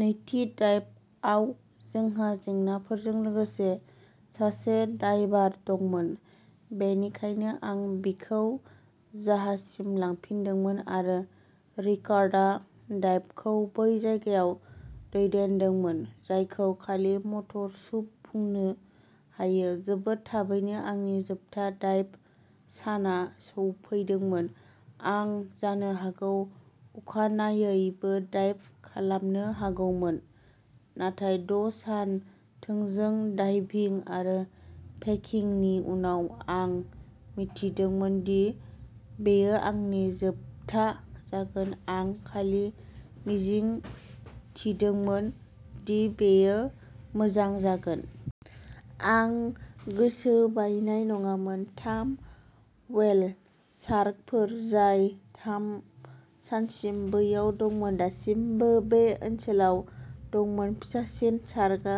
नैथि डाइभआव जोंहा जेंनाफोरजों लोगोसे सासे डायभार दंमोन, बेनिखायनो आं बिखौ जाहाजसिम लांफिनदोंमोन आरो रिकार्ड'आ डाइभखौ बै जायगायाव दैदेनदोंमोन जायखौ खालि मटर सुप बुंनो हायो। जोबोद थाबैनो आंनि जोबथा डाइभ सानआ सौफैदोंमोन। आं जानो हागौ अखानायैबो डाइभ खालामनो हागौमोन, नाथाय द' सान थोंजों डाइभिं आरो पेकिंनि उनाव आं मिथिदोंमोन दि बेयो आंनि जोबथा जागोन, आं खालि मिजिंथिदोंमोन दि बेयो मोजां जागोन। आं गोसो बायनाय नङामोन, थाम व्हेल शार्कफोर, जाय थाम सानसिम बैयाव दंमोन, दासिमबो बे ओनसोलाव दंमोन। फिसासिन शार्कआ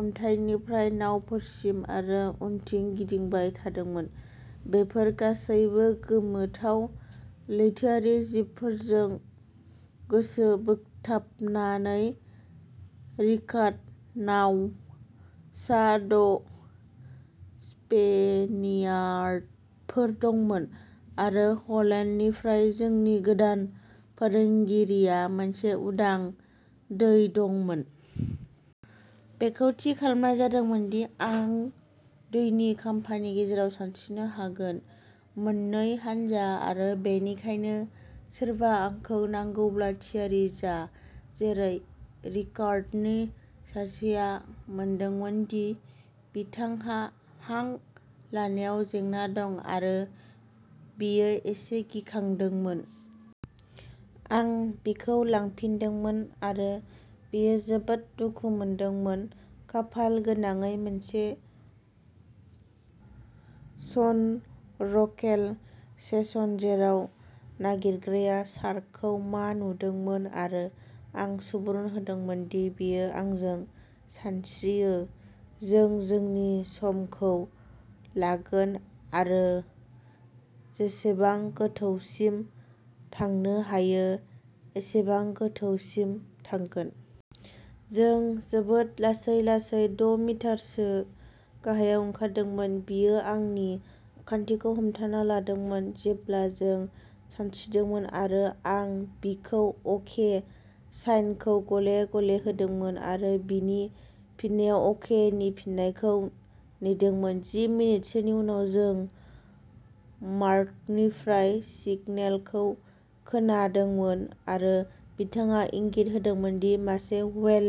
अन्थाइनिफ्राय नावफोरसिम आरो उनथिं गिदिंबाय थादोंमोन, बेफोर गासैबो गोमोथाव लैथोआरि जिबफोरजों गोसो बोगथाबनानै रिकार्ड'नाव सा द' स्पेनियार्डफोर दंमोन आरो ह'लेन्डनिफ्राय जोंनि गोदान फोरोंगिरिया मोनसे उदां दै दंमोन। बेखौ थि खालामनाय जादोंमोन दि आं दैनि खाम्फानि गेजेराव सानस्रिनो हागोन। मोननै हानजा आरो बेनिखायनो सोरबा आंखौ नांगौब्ला थियारि जा। जेरै रिकार्ड'नि सासेआ मोनदोंमोन दि बिथांहा हां लानायाव जेंना दं आरो बियो एसे गिखांदोंमोन। आं बिखौ लांफिनदोंमोन आरो बियो जोबोद दुखु मोनदोंमोन, खाफाल गोनाङै मोनसे स्नर्केल सेसन जेराव नागिरग्राया शार्कखौ मा नुदोंमोन आरो आं सुबुरुन होदोंमोन दि बियो आंजों सानस्रियो, जों जोंनि समखौ लागोन आरो जेसेबां गोथौसिम थांनो हायो एसेबां गोथौसिम थांगोन। जों जोबोद लासै लासै द' मिटारसो गाहायाव ओंखारदोंमोन, बियो आंनि आखान्थिखौ हमथाना लादोंमोन जेब्ला जों सानस्रिदोंमोन आरो आं बिखौ "अके" साइनखौ गले-गले होदोंमोन आरो बिनि फिननायाव "अके" नि फिननायखौ नेदोंमोन। जि मिनिटसोनि उनाव जों मार्कनिफ्राय सिगनेलखौ खोनादोंमोन आरो बिथाङा इंगित होदोंमोन दि मासे व्हेल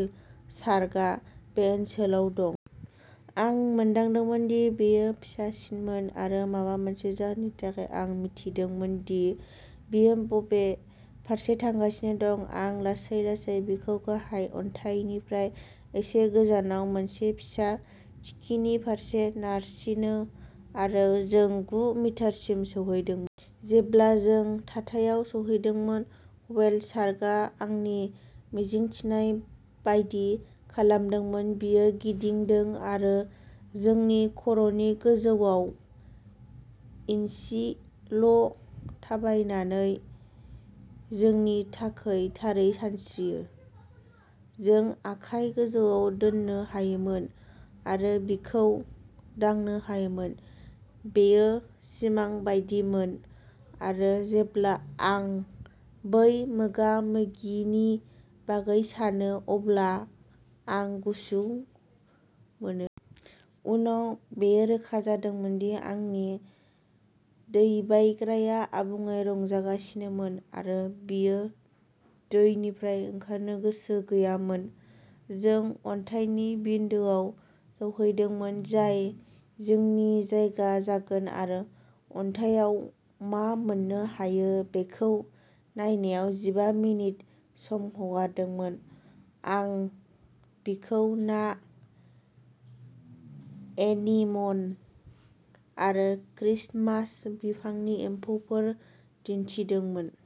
शार्कआ बे ओनसोलाव दं। आं मोनदांदोंमोन दि बेयो फिसासिनमोन आरो माबा मोनसे जाहोननि थाखाय आं मिथिदोंमोन दि बियो बबे फारसे थांगासिनो दं। आं लासै-लासै बिखौ गाहाय अन्थाइनिफ्राय एसे गोजानाव मोनसे फिसा थिखिनि फारसे नारसिनो आरो जों गु मिटारसिम सौहैदोंमोन। जेब्ला जों थाथायाव सौहैदोंमोन, व्हेल शार्कआ आंनि मिजिंथिनाय बायदि खालामदोंमोन, बियो गिदिंदों आरो जोंनि खर'नि गोजौआव इनसि ल' थाबायनानै जोंनि थाखाय थारै सानस्रियो। जों आखाइ गोजौआव दोननो हायोमोन आरो बिखौ दांनो हायोमोन। बेयो सिमां बायदिमोन आरो जेब्ला आं बै मोगा-मोगिनि बागै सानो अब्ला आं गुसु मोनो। उनाव बेयो रोखा जादोंमोन दि आंनि दैबायग्राया आबुङै रंजागासिनोमोन आरो बियो दैनिफ्राय ओंखारनो गोसो गैयामोन। जों अन्थाइनि बिन्दोआव सौहैदोंमोन जाय जोंनि जायगा जागोन आरो अन्थाइआव मा मोन्नो हायो बेखौ नायनायाव जिबा मिनिट सम हगारदोंमोन। आं बिखौ ना, एनिमन आरो क्रिस्टमास बिफांनि एम्फौफोर दिन्थिदोंमोन।